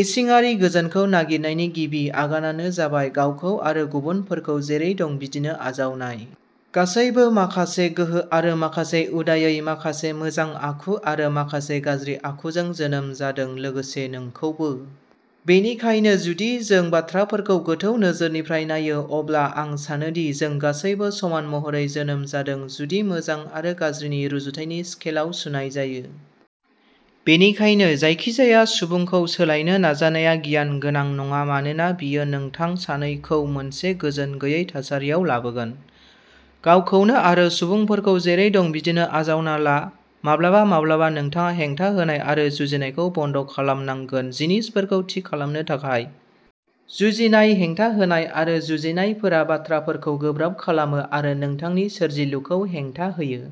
इसिङारि गोजोनखौ नागिरनायनि गिबि आगानानो जाबाय गावखौ आरो गुबुनफोरखौ जेरै दं बिदिनो आजावनाय। गासैबो माखासे गोहो आरो माखासे उदायै माखासे मोजां आखु आरो माखासे गाज्रि आखुजों जोनोम जादों लोगोसे नोंखौबो। बेनिखायनो जुदि जों बाथ्राफोरखौ गोथौ नोजोरनिफ्राय नायो अब्ला आं सानो दि जों गासैबो समान महरै जोनोम जादों जुदि मोजां आरो गाज्रिनि रुजुथायनि स्केलआव सुनाय जायो। बेनिखायनो जायखिजाया सुबुंखौ सोलायनो नाजानाया गियान गोनां नङा मानोना बेयो नोंथां सानैखौ मोनसे गोजोन गैयै थासारियाव लाबोगोन। गावखौनो आरो सुबुंफोरखौ जेरै दं बिदिनो आजावना ला। माब्लाबा माब्लाबा नोंथाङा हेंथा होनाय आरो जुजिनायखौ बन्द' खालामनांगोन जिनिसफोरखौ थि खालामनो थाखाय। जुजिनाय हेंथा होनाय आरो जुजिनायफोरा बाथ्राफोरखौ गोब्राब खालामो आरो नोंथांनि सोरजिलुखौ हेंथा होयो।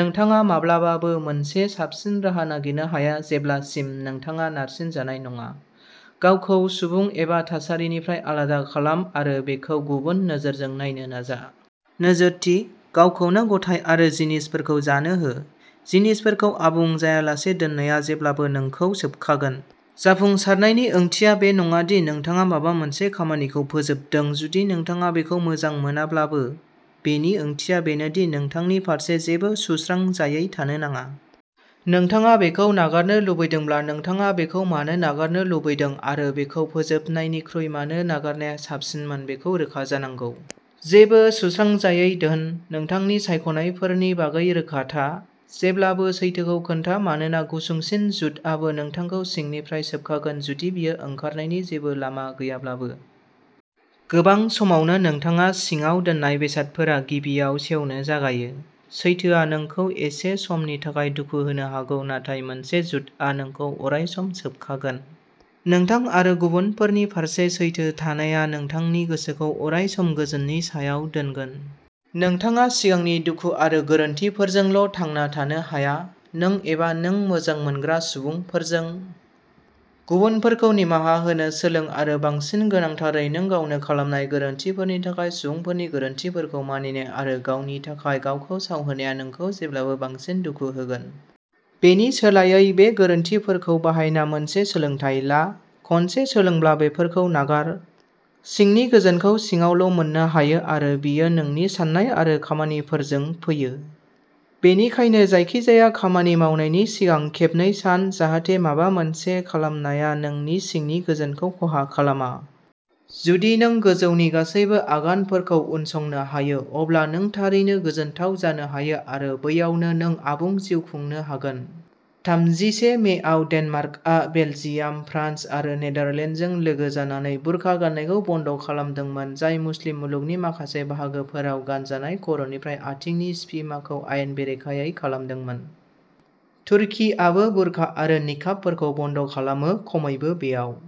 नोंथाङा माब्लाबाबो मोनसे साबसिन राहा नागिरनो हाया जेब्लासिम नोंथाङा नारसिनजानाय नङा। गावखौ सुबुं एबा थासारिनिफ्राय आलादा खालाम आरो बेखौ गुबुन नोजोरजों नायनो नाजा। नोजोरथि। गावखौनो गथाय आरो जिनिसफोरखौ जानो हो। जिनिसफोरखौ आबुं जायालासे दोननाया जेब्लाबो नोंखौ सोबखागोन। जाफुंसारनायनि ओंथिया बे नङा दि नोंथाङा माबा मोनसे खामानिखौ फोजोबदों जुदि नोंथाङा बेखौ मोजां मोनाब्लाबो। बेनि ओंथिया बेनो दि नोंथांनि फारसे जेबो सुस्रांजायै थानो नाङा। नोंथाङा बेखौ नागारनो लुबैदोंब्ला नोंथाङा बेखौ मानो नागारनो लुबैदों आरो बेखौ फोजोबनायनिख्रुइ मानो नागारनाया साबसिनमोन बेखौ रोखा जानांगौ। जेबो सुस्रांजायै दोन। नोंथांनि सायख'नायफोरनि बागै रोखा था। जेब्लाबो सैथोखौ खोन्था मानोना गुसुंसिन झूठआबो नोंथांखौ सिंनिफ्राय सोबखागोन जुदि बेयो ओंखारनायनि जेबो लामा गैयाब्लाबो। गोबां समावनो नोंथाङा सिङाव दोननाय बेसादफोरा गिबियाव सेवनो जागायो। सैथोआ नोंखौ एसे समनि थाखाय दुखु होनो हागौ नाथाय मोनसे झूठआ नोंखौ अरायसम सोबखागोन। नोंथां आरो गुबुनफोरनि फारसे सैथो थानाया नोंथांनि गोसोखौ अरायसम गोजोननि सायाव दोनगोन। नोंथाङा सिगांनि दुखु आरो गोरोन्थिफोरजोंल' थांना थानो हाया। नों एबा नों मोजां मोनग्रा सुबुंफोरजों। गुबुनफोरखौ निमाहा होनो सोलों आरो बांसिन गोनांथारै नों गावनो खालामनाय गोरोन्थिफोरनि थाखाय सुबुंफोरनि गोरोन्थिफोरखौ मानिनाय आरो गावनि थाखाय गावखौ साव होनाया नोंखौ जेब्लाबो बांसिन दुखु होगोन। बेनि सोलायै बे गोरोन्थिफोरखौ बाहायना मोनसे सोलोंथाइ ला। खनसे सोलोंब्ला बेफोरखौ नागार। सिंनि गोजोनखौ सिङावल' मोन्नो हायो आरो बेयो नोंनि साननाय आरो खामानिफोरजों फैयो। बेनिखायनो जायखिजाया खामानि मावनायनि सिगां खेबनै सान जाहाथे माबा मोनसे खालामनाया नोंनि सिंनि गोजोनखौ खहा खालामा। जुदि नों गोजौनि गासैबो आगानफोरखौ उनसंनो हायो अब्ला नों थारैनो गोजोनथाव जानो हायो आरो बैयावनो नों आबुं जिउ खुंनो हागोन। थामजिसे मेआव डेनमार्कआ बेलजियाम, फ्रान्स आरो नेदारलेन्डजों लोगो जानानै बुरखा गाननायखौ बन्द खालामदोंमोन जाय मुस्लिम मुलुगनि माखासे बाहागोफोराव गानजानाय खर'निफ्राय आथिंनि सिफिमाखौ आयेन बेरेखायै खालामदोंमोन। तुर्कीआबो बुरखा आरो निकाबफोरखौ बन्द'खालामो खमैबो बेयाव।